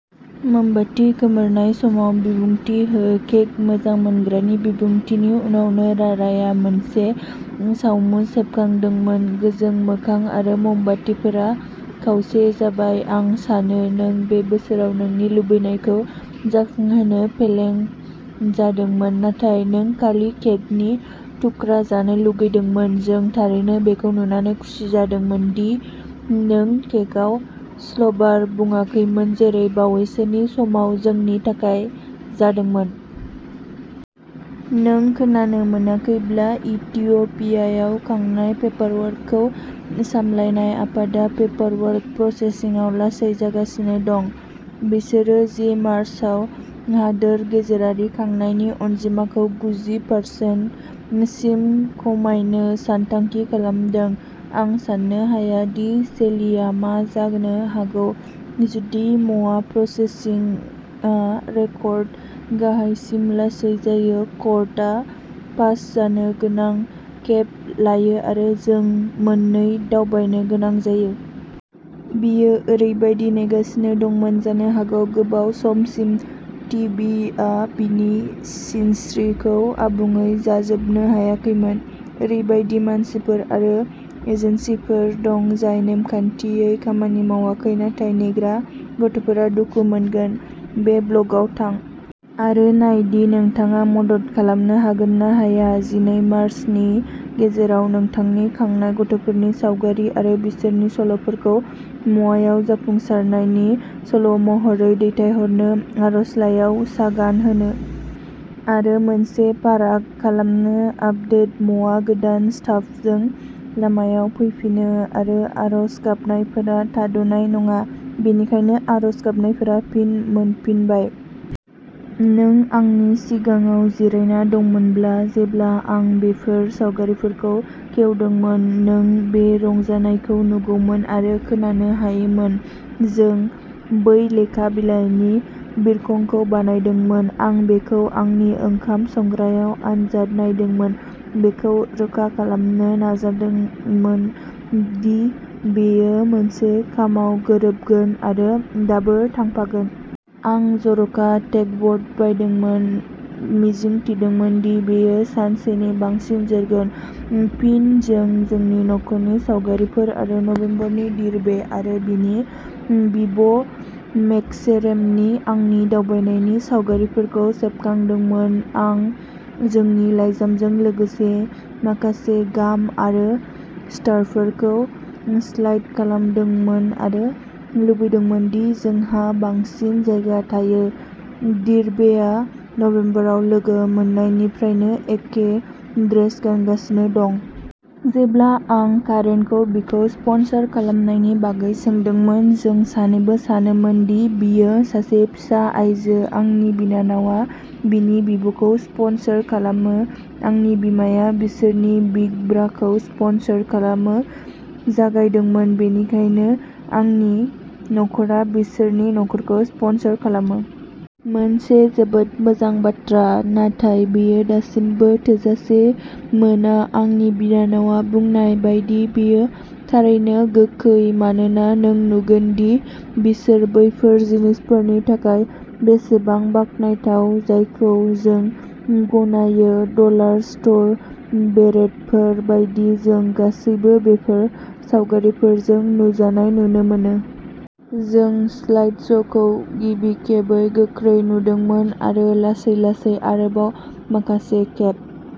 मोमबाति खोमोरनाय समाव बिबुंथि हो केक मोजां मोनग्रानि बिबुंथिनि उनावनो राराया मोनसे सावमु सेबखांदोंमोन गोजों मोखां आरो ममबातिफोरा खावसे जाबाय आं सानो नों बे बोसोराव नोंनि लुबैनायखौ जाफुंहोनो फेलें जादोंमोन नाथाय नों खालि केकनि थुख्रा जानो लुगैदोंमोन जों थारैनो बेखौ नुनानै खुसि जादोंमोन दि नों केकआव स्लबार बुङाखैमोन जेरै बावैसोनि समाव जोंनि थाखाय जादोंमोन। नों खोनानो मोनाखैब्ला इथिय'पियायाव खांनाय पेपारवर्कखौ सामलायनाय आफादआ पेपारवर्क प्रसेसिंआव लासै जागासिनो दं। बिसोरो जि मार्चाव हादोर गेजेरारि खांनायनि अनजिमाखौ गुजि पार्सेन सिम खमायनो सानथांखि खालामदों आं सान्नो हाया दि सेलिआ मा जानो हागौ जुदि म'वा प्रसेसिंआ रेकर्ड गाहायसिम लासै जायो कर्टआ पास जानो गोबां खेब लायो आरो जों मोननै दावबायनो गोनां जायो। बियो ओरैबायदि नेगासिनो दंमोन जानो हागौ गोबाव समसिम टि बि आ बिनि सिनस्रिखौ आबुङै जाजोबनो हायाखैमोन। ओरैबायदि मानसिफोर आरो एजेन्सिफोर दं जाय नेमखान्थियै खामानि मावाखै नाथाय नेग्रा गथ'फोरा दुखु मोनगोन। बे ब्लगआव थां आरो नाय दि नोंथाङा मदद खालामनो हागोन ना हाया जिनै मार्चनि गेजेराव नोंथांनि खांनाय गथ'फोरनि सावगारि आरो बिसोरनि सल'फोरखौ म'वायाव जाफुंसारनायनि सल'महरै दैथायहरनो आर'जलाइयाव सागान होनो आरो मोनसे फाराग खालामनो आपदेट म'वा गोदान स्टाफजों लामायाव फैफिनो आरो आर'ज गाबनायफोरा थाद'नाय नङा बेनिखायनो आर'ज गाबनायफोरा फिन मोनफिनबाय! नों आंनि सिगाङाव जिरायना दंमोनब्ला जेब्ला आं बेफोर सावगारिफोरखौ खेवदोंमोन नों बे रंजानायखौ नुगौमोन आरो खोनानो हायोमोन जों बै लेखा बिलाइनि बिरखंखौ बानायदोंमोन आं बेखौ आंनि ओंखाम संग्रायाव आनजाद नायदोंमोन बेखौ रोखा खालामनो नाजादोंमोन दि बेयो मोनसे खामाव गोरोबगोन आरो दाबो थांफागोन। आं जर'खा टेगब'र्ड बायदोंमोन मिजिं थिदोंमोन दि बेयो सानसेनि बांसिन जोरगोन फिन जों जोंनि नखरनि सावगारिफोर आरो नभेम्बरनि दिर्बे आरो बिनि बिब'मेस्केरेमनि आंनि दावबायनायनि सावगारिफोरखौ सेबखांदोंमोन आं जोंनि लाइजामजों लोगोसे माखासे गाम आरो स्टारफोरखौ स्लाइड खालामदोंमोन आरो लुबैदोंमोन दि जोंहा बांसिन जायगा थायो दिर्बेआ नबेम्बराव लोगो मोननायनिफ्रायनो एखे ड्रेस गानगासिनो दं। जेब्ला आं कारेनखौ बिखौ स्पन्सर खालामनायनि बागै सोंदोंमोन जों सानैबो सानोमोन दि बियो सासे फिसा आइजो आंनि बिनानावया बिनि बिब'खौ स्पन्सर खालामो आंनि बिमाया बिसोरनि बिग ब्राखौ स्पन्सर खालामनो जागायदोंमोन बेनिखायनो आंनि नखरा बिसोरनि नखरखौ स्पन्सर खालामो। मोनसे जोबोद मोजां बाथ्रा नाथाय बेयो दासिमबो थोजासे मोना आंनि बिनानावया बुंनाय बायदि बेयो थारैनो गोखै मानोना नों नुगोन दि बिसोर बैफोर जिनिसफोरनि थाखाय बेसेबां बाखनायथाव जायखौ जों गनायो डलार स्ट'र बेरेटफोर बायदि जों गासैबो बेफोर सावगारिफोरजों नुजानाय नुनो मोनो। जों स्लाइडश'खौ गिबि खेब गोख्रै नुदोंमोन आरो लासै-लासै आरोबाव माखासे खेब।